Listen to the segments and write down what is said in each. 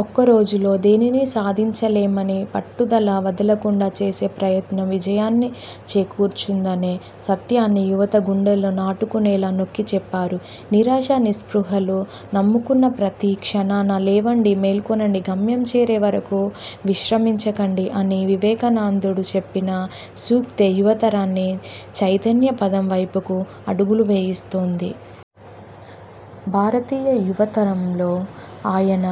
ఒక్కరోజులో దేనిని సాధించలేమని, పట్టుదల వదలకుండా చేసే ప్రయత్నం విజయాన్ని చేకూర్చుందనే సత్యాన్ని యువత గుండెల్లో నాటుకునేలా నొక్కి చెప్పారు. నిరాశ, నిస్పృహలు కమ్ముకున్న ప్రతి క్షణాన ''లేవండి! మేల్కొనండి! గమ్యం చేరే వరకు విశ్రమించకండి'' అని వివేకానండుడు చెప్పిన సూక్తే యువతరాన్ని చైతన్యపథం వైపుకు అడుగులు వేయిస్తుంది. భారతీయ యువతరంలో ఆయన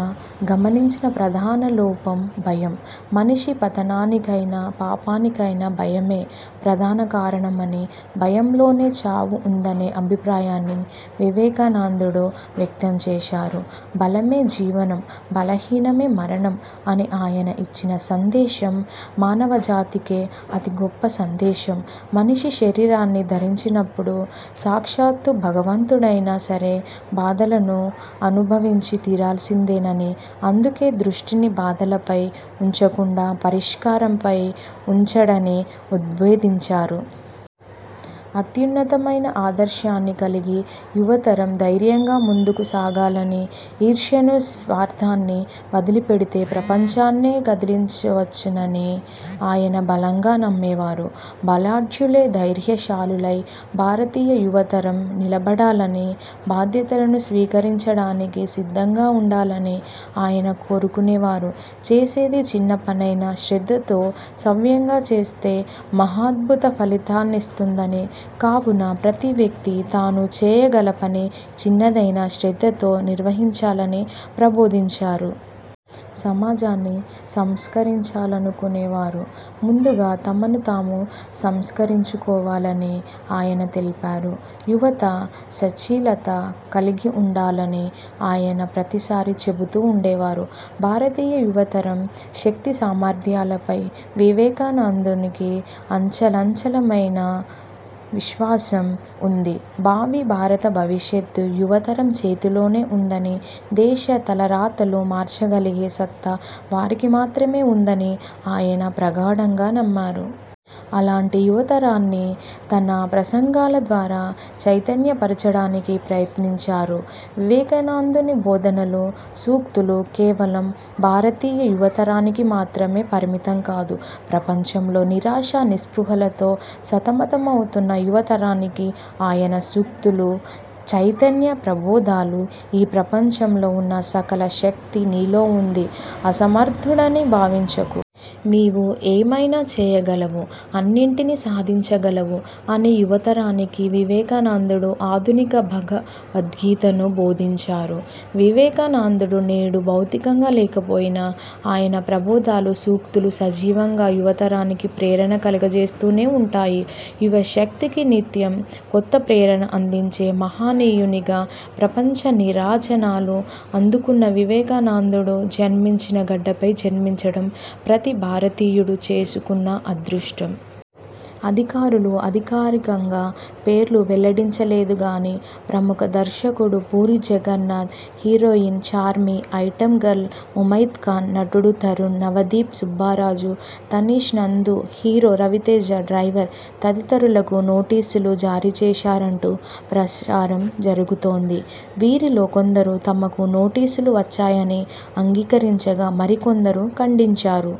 గమనించిన ప్రధాన లోపం భయం. మనిషి పతానికైనా పాపానికైనా భయమే ప్రధానకారణమని, భయంలోనే చావు ఉందనే అభిప్రాయాన్ని వివేకానందుడు వ్యక్తం చేశారు. ''బలమే జీవనం. బలహీనమే మరణం'' అని ఆయన ఇచ్చిన సందేశం మానవజాతికే అతి గొప్ప సందేశం. మనిషి శరీరాన్ని ధరించినప్పుడు సాక్షాత్తు భగవంతుడైనా సరే బాధలను అనుభవించి తీరాల్సిందేనని, అందుకే దృష్టిని బాధలపై ఉంచకుండా పరిష్కారం పై ఉంచండని ఉద్భోదించారు. అత్యున్నతమైన ఆదర్శాన్ని కలిగి యువతరం ధైర్యంగా ముందుకు సాగాలనీ, ఈర్ష్యాను – స్వార్ధాన్ని వదిలిపెడితే ప్రపంచాన్నే కదిలించవచ్చునని ఆయన బలంగా నమ్మేవారు. బలాఢ్యులై, ధైర్యశాలులై భారతీయ యువతరం నిలబడాలని, బాధ్యతలను స్వీకరించడానికి సిద్ధంగా ఉండాలని ఆయన కోరుకునేవారు. చేసేది చిన్న పనైనా శ్రద్ధతో సవ్యంగా చేస్తే మహాద్భుత ఫలితాన్నిస్తుందని, కావున ప్రతి వ్యక్తి తాను చేయగల పని చిన్నదైనా శ్రద్ధతో నిర్వహించాలని ప్రబోధించారు. సమాజాన్ని సంస్కరించాలనుకునే వారు ముందుగా తమను తాము సంస్కరించుకోవాలని ఆయన తెల్పారు. యువత సచ్ఛీలత కలిగిఉండాలని ఆయన ప్రతిసారి చెబుతూ ఉండేవారు. భారతీయ యువతరం శక్తి సామర్ధ్యాలపై వివేకానందునికి అంచంచలమైన విశ్వాసం ఉంది. భావి భారత భవిష్యత్తు యువతరం చేతిలోనే ఉందని, దేశ తలరాతలు మార్చగలిగే సత్తా వారికే మాత్రమే ఉందని ఆయన ప్రగాఢంగా నమ్మారు. అలాంటి యువతరాన్ని తన ప్రసంగాల ద్వారా చైతన్యపర్చడానికి ప్రయత్నించారు. వివేకానందుని బోధనలు, సూక్తులు కేవలం భారతీయ యువతరానికి మాత్రమే పరిమితం కాదు. ప్రపంచంలో నిరాశ, నిస్పృహలతో సతమతమవుతున్న యువతరానికి ఆయన సూక్తులు చైతన్య ప్రబోధాలు. ''ఈ ప్రపంచంలో వున్న సకల శక్తి నీలో వుంది. అసమర్ధుడునని భావించకు. నీవు ఏమైనా చేయగలవు. అన్నింటిని సాధించగలవు'' అని యువతరానికి వివేకానందుడు ఆధునిక భగవద్గీతను బోధించారు. వివేకానందుడు నేడు భౌతికంగా లేకపోయినా ఆయన ప్రబోధాలు, సూక్తులు సజీవంగా యువతరానికి ప్రేరణ కలుగజేస్తూనే ఉంటాయి. యువశక్తికి నిత్యం కొత్త ప్రేరణ అందించే మహనీయునిగా ప్రపంచ నీరాజనాలు అందుకున్న వివేకానందుడు జన్మించిన గడ్డపై జన్మించడం ప్రతి భారతీయుడు చేసుకున్న అదృష్టం. అధికారులు అధికారికంగా పేర్లు వెల్లడించలేదుగానీ ప్రముఖ దర్శకుడు Puri Jagannadh, heroine Charmi, item girl Mumaith Khan, నటులు తరుణ్, నవదీప్, సుబ్బరాజు, తనీశ్, నందు, హీరో రవితేజ డ్రైవర్ తదితరులకు నోటీసులు జారీ చేశారంటూ ప్రచారం జరుగుతోంది. వీరిలో కొందరు తమకు నోటీసులు వచ్చాయని అంగీకరించగా మరికొందరు ఖండించారు.